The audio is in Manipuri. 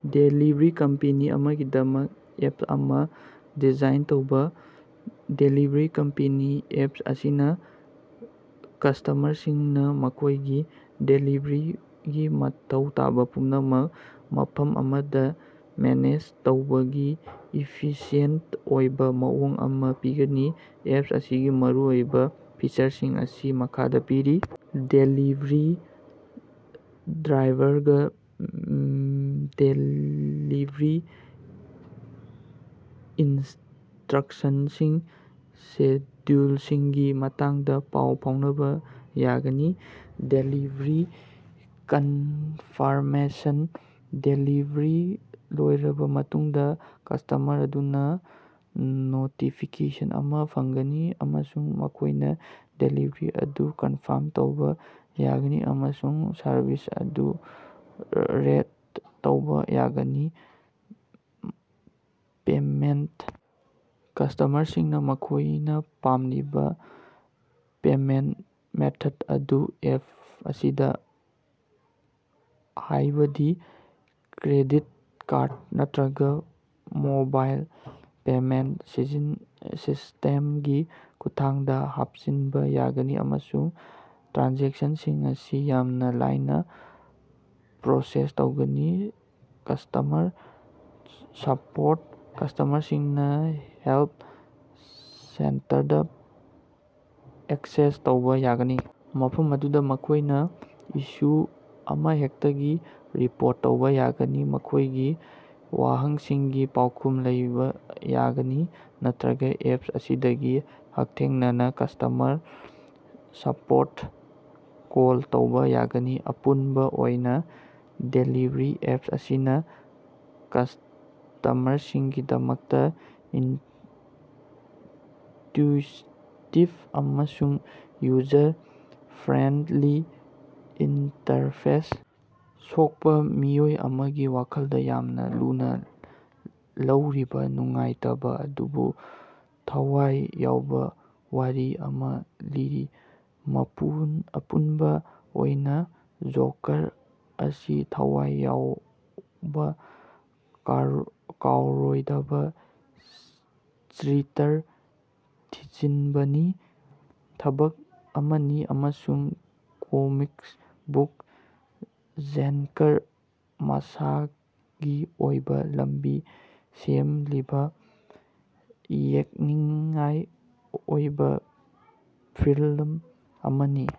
ꯗꯦꯂꯤꯕꯔꯤ ꯀꯝꯄꯦꯅꯤ ꯑꯃꯒꯤꯗꯃꯛ ꯑꯦꯞ ꯑꯃ ꯗꯤꯖꯥꯏꯟ ꯇꯧꯕ꯫ ꯗꯦꯂꯤꯕꯔꯤ ꯀꯝꯄꯦꯅꯤ ꯑꯦꯞ ꯑꯁꯤꯅ ꯀꯁꯇꯃꯔꯁꯤꯡꯅ ꯃꯈꯣꯏꯒꯤ ꯗꯦꯂꯤꯕꯔꯤꯒꯤ ꯃꯊꯧ ꯇꯥꯕ ꯄꯨꯝꯅꯃꯛ ꯃꯐꯝ ꯑꯃꯗ ꯃꯦꯅꯦꯖ ꯇꯧꯕꯒꯤ ꯏꯐꯤꯁꯤꯌꯦꯟꯇ ꯑꯣꯏꯕ ꯃꯑꯣꯡ ꯑꯃ ꯄꯤꯒꯅꯤ꯫ ꯑꯦꯞ ꯑꯁꯤꯒꯤ ꯃꯔꯨꯑꯣꯏꯕ ꯐꯤꯆꯔꯁꯤꯡ ꯑꯁꯤ ꯃꯈꯥꯗ ꯄꯤꯔꯤ: ꯗꯦꯂꯤꯚꯔꯤ ꯗ꯭ꯔꯥꯏꯚꯔꯒ ꯗꯦꯂꯤꯚꯔꯤ ꯏꯟꯁꯇ‌꯭ꯔꯛꯁꯟꯁꯤꯡ, ꯁꯦꯗ꯭ꯌꯨꯜꯁꯤꯡꯒꯤ ꯃꯇꯥꯡꯗ ꯄꯥꯎ ꯐꯥꯎꯅꯕ ꯌꯥꯒꯅꯤ꯫ ꯗꯦꯂꯤꯚꯔꯤ ꯀꯟꯐꯥꯔꯃꯦꯁꯟ: ꯗꯦꯂꯤꯚꯔꯤ ꯂꯣꯏꯔꯕ ꯃꯇꯨꯡꯗ ꯀꯁꯇꯃꯔ ꯑꯗꯨꯅ ꯅꯣꯇꯤꯐꯤꯀꯦꯁꯟ ꯑꯃ ꯐꯪꯒꯅꯤ, ꯑꯃꯁꯨꯡ ꯃꯈꯣꯏꯅ ꯗꯦꯂꯤꯚꯔꯤ ꯑꯗꯨ ꯀꯟꯐꯥꯔꯝ ꯇꯧꯕ ꯌꯥꯒꯅꯤ ꯑꯃꯁꯨꯡ ꯁꯔꯚꯤꯁ ꯑꯗꯨ ꯔꯦꯠ ꯇꯧꯕ ꯌꯥꯒꯅꯤ꯫ ꯄꯦꯃꯦꯟꯇ: ꯀꯁꯇꯃꯔꯁꯤꯡꯅ ꯃꯈꯣꯏꯅ ꯄꯥꯝꯂꯤꯕ ꯄꯦꯃꯦꯟꯇ ꯃꯦꯊꯗ ꯑꯗꯨ ꯑꯦꯞ ꯑꯁꯤꯗ, ꯍꯥꯏꯕꯗꯤ ꯀ꯭ꯔꯦꯗꯤꯠ ꯀꯥꯔꯗ ꯅꯠꯇ꯭ꯔꯒ ꯃꯣꯕꯥꯏꯜ ꯄꯦꯃꯦꯟꯇ ꯁꯤꯁꯇꯦꯝꯒꯤ ꯈꯨꯠꯊꯥꯡꯗ ꯍꯥꯞꯆꯤꯟꯕ ꯌꯥꯒꯅꯤ ꯑꯃꯁꯨꯡ ꯇ꯭ꯔꯥꯟꯖꯦꯛꯁꯟꯁꯤꯡ ꯑꯁꯤ ꯌꯥꯝꯅ ꯂꯥꯏꯅ ꯄ꯭ꯔꯣꯁꯦꯁ ꯇꯧꯒꯅꯤ꯫ ꯀꯁꯇꯃꯔ ꯁꯄꯣꯔꯠ: ꯀꯁꯇꯃꯔꯁꯤꯡꯅ ꯍꯦꯜꯄ ꯁꯦꯟꯇꯔꯗ ꯑꯦꯛꯁꯦꯁ ꯇꯧꯕ ꯌꯥꯒꯅꯤ, ꯃꯐꯝ ꯑꯗꯨꯗ ꯃꯈꯣꯏꯅ ꯏꯁꯨ ꯑꯃꯍꯦꯛꯇꯒꯤ ꯔꯤꯄꯣꯔꯠ ꯇꯧꯕ ꯌꯥꯒꯅꯤ, ꯃꯈꯣꯏꯒꯤ ꯋꯥꯍꯪꯁꯤꯡꯒꯤ ꯄꯥꯎꯈꯨꯝ ꯂꯧꯕ ꯌꯥꯒꯅꯤ, ꯅꯠꯇ‌꯭ꯔꯒ ꯑꯦꯞ ꯑꯁꯤꯗꯒꯤ ꯍꯛꯊꯦꯡꯅꯅ ꯀꯁ꯭ꯇꯃꯔ ꯁꯄꯣꯔꯇꯇ ꯀꯣꯜ ꯇꯧꯕ ꯌꯥꯒꯅꯤ꯫ ꯑꯄꯨꯟꯕ ꯑꯣꯏꯅ, ꯗꯦꯂꯤꯕꯔꯤ ꯑꯦꯞ ꯑꯁꯤꯅ ꯀꯁꯇꯃꯔꯁꯤꯡꯒꯤꯗꯃꯛꯇ ꯏꯟꯇ꯭ꯌꯨꯏꯇꯤꯕ ꯑꯃꯁꯨꯡ ꯌꯨꯖꯔ ꯐ꯭ꯔꯦꯟꯗꯂꯤ ꯏꯟꯇꯔꯐꯦꯁ ꯁꯣꯛꯄ ꯃꯤꯑꯣꯏ ꯑꯃꯒꯤ ꯋꯥꯈꯜꯗ ꯌꯥꯝꯅ ꯂꯨꯅ ꯂꯧꯔꯤꯕ ꯅꯨꯡꯉꯥꯏꯇꯕ ꯑꯗꯨꯕꯨ ꯊꯋꯥꯏ ꯌꯥꯎꯕ ꯋꯥꯔꯤ ꯑꯃ ꯂꯤꯔꯤ꯫ ꯑꯄꯨꯟꯕ ꯑꯣꯏꯅ "ꯖꯣꯀꯥꯔ" ꯑꯁꯤ ꯊꯋꯥꯏ ꯌꯥꯎꯕ, ꯀꯥꯎꯔꯣꯏꯗꯕ ꯆꯔꯤꯇ꯭ꯔ ꯊꯤꯖꯤꯟꯕꯒꯤ ꯊꯕꯛ ꯑꯃꯅꯤ ꯑꯃꯁꯨꯡ ꯀꯣꯃꯤꯛꯁ ꯕꯨꯛ ꯖꯦꯟꯔꯗ ꯃꯁꯥꯒꯤ ꯑꯣꯏꯕ ꯂꯝꯕꯤ ꯁꯦꯝꯂꯤꯕ ꯌꯦꯡꯅꯤꯡꯉꯥꯏ ꯑꯣꯏꯕ ꯐꯤꯜꯃ ꯑꯃꯅꯤ꯫